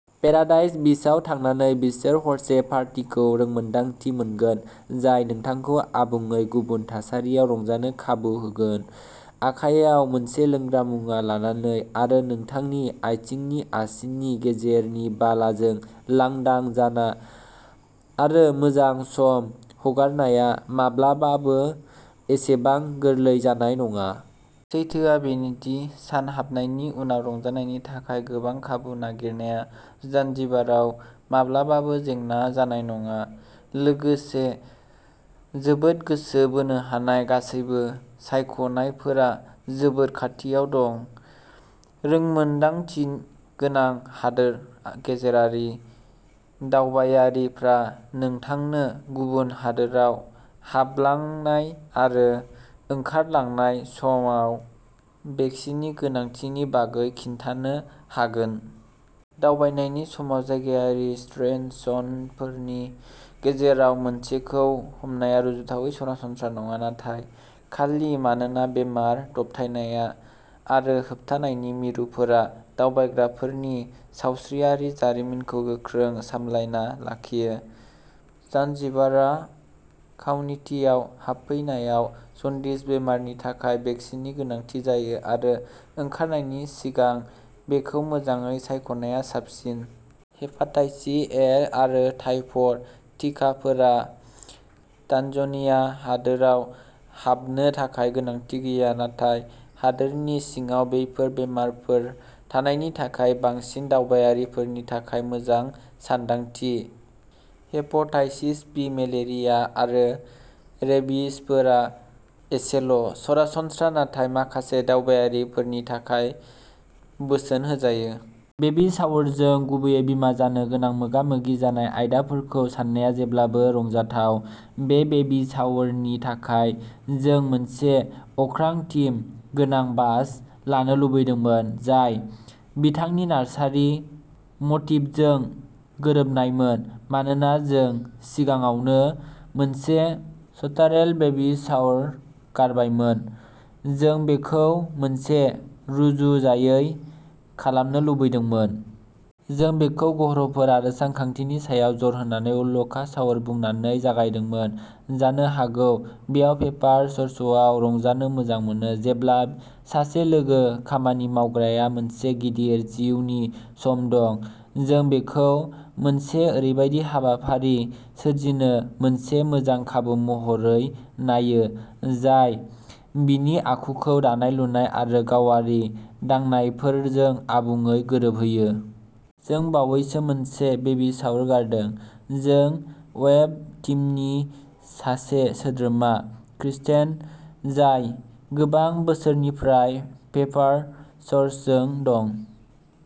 Paradise बीचआव थांनानै बिसोर हरसे पार्टीखौ रोंमोन्दांथि मोनगोन, जाय नोंथांखौ आबुङै गुबुन थासारियाव रंजानो खाबु होगोन। आखायाव मोनसे लोंग्रा मुवा लानानै, आरो नोंथांनि आथिंनि आसिनि गेजेरनि बालाजों, लांदां जाना आरो मोजां सम हगारनाया माब्लाबाबो एसेबां गोरलै जानाय नङा। सैथोआ बेनो दि, सानहाबनायनि उनाव रंजानायनि थाखाय गोबां खाबु नागिरनाया जाञ्जिबाराव माब्लाबाबो जेंना जानाय नङा, लोगोसे जोबोद गोसो बोनो हानाय गासैबो सायख'नायफोरा जोबोद खाथियाव दं। रोंमोन्दांथि गोनां हादोर गेजेरारि दावबायारिफ्रा नोंथांनो गुबुन हादोराव हाबलांनाय आरो ओंखारलांनाय समाव भेकसिननि गोनांथिनि बागै खोन्थानो हागोन। दावबायनायनि समाव जायगायारि स्ट्रेनफोरनि गेजेराव मोनसेखौ हमनाया रुजुथावै सरासनस्रा नङा, नाथाय खालि मानोना बेराम दबथायनाय आरो होबथानायनि मिरुफोरा दावबायग्राफोरनि सावस्रियारि जारिमिनखौ गोख्रों सामलायना लाखियो। जानजिबारआ काउन्टिआव हाबफैनायाव जन्दिस बेरामनि थाखाय भेकसिननि गोनांथि जायो, आरो ओंखारनायनि सिगां बेखौ मोजाङै सायख'नाया साबसिन। हेपाटाइटिस ए आरो टाइफइड टिकाफोरा तान्जानिया हादोराव हाबनो थाखाय गोनांथि गैया, नाथाय हादोरनि सिङाव बेफोर बेरामफोर थानायनि थाखाय बांसिन दावबायारिफोरनि थाखाय मोजां सानदांथि। हेपाटाइटिस बि, मेलेरिया आरो रेबिसफोरा एसेल'सरासनस्रा, नाथाय माखासे दावबायारिफोरनि थाखाय बोसोन होजायो। बेबी शावरजों, गुबैयै, बिमा जानो गोनांजों मोगामोगि जानाय आयदाफोरखौ साननाया जेब्लाबो रंजाथाव। बे बेबी शावरनि थाखाय, जों मोनसे अख्रां-थीम गोनां बाश लानो लुबैदोंमोन, जाय बिथांनि नार्सारि मटिफजों गोरोबनायमोन। मानोना जों सिगाङावनो मोनसे "स्टारेल" बेबी शावर गारबायमोन, जों बेखौ मोनसे रुजुजायै खालामनो लुबैदोंमोन। जों बेखौ ग्रहफोर आरो सानखान्थिनि सायाव जर होनानै "उल्का" शावर बुंनानै जागायदोंमोन। जानो हागौ बेयाव पेपार सोर्सआव रंजानो मोजां मोनो। जेब्ला सासे लोगो-खामानि मावग्राआ मोनसे गिदिर जिउनि सम दं, जों बेखौ मोनसे ओरैबायदि हाबाफारि सोरजिनो मोनसे मोजां खाबु महरै नायो, जाय बिसोरनि आखुखौ दानाय-लुनाय आरो गावारि दांनायफोरजों आबुङै गोरोबहोयो। जों बावैसो मोनसे बेबी शावर गारदों। जोंनि वेब टीमनि सासे सोद्रोमा, क्रिस्टेन, जाय गोबां बोसोरनिफ्राय पेपार सोर्सजों दं।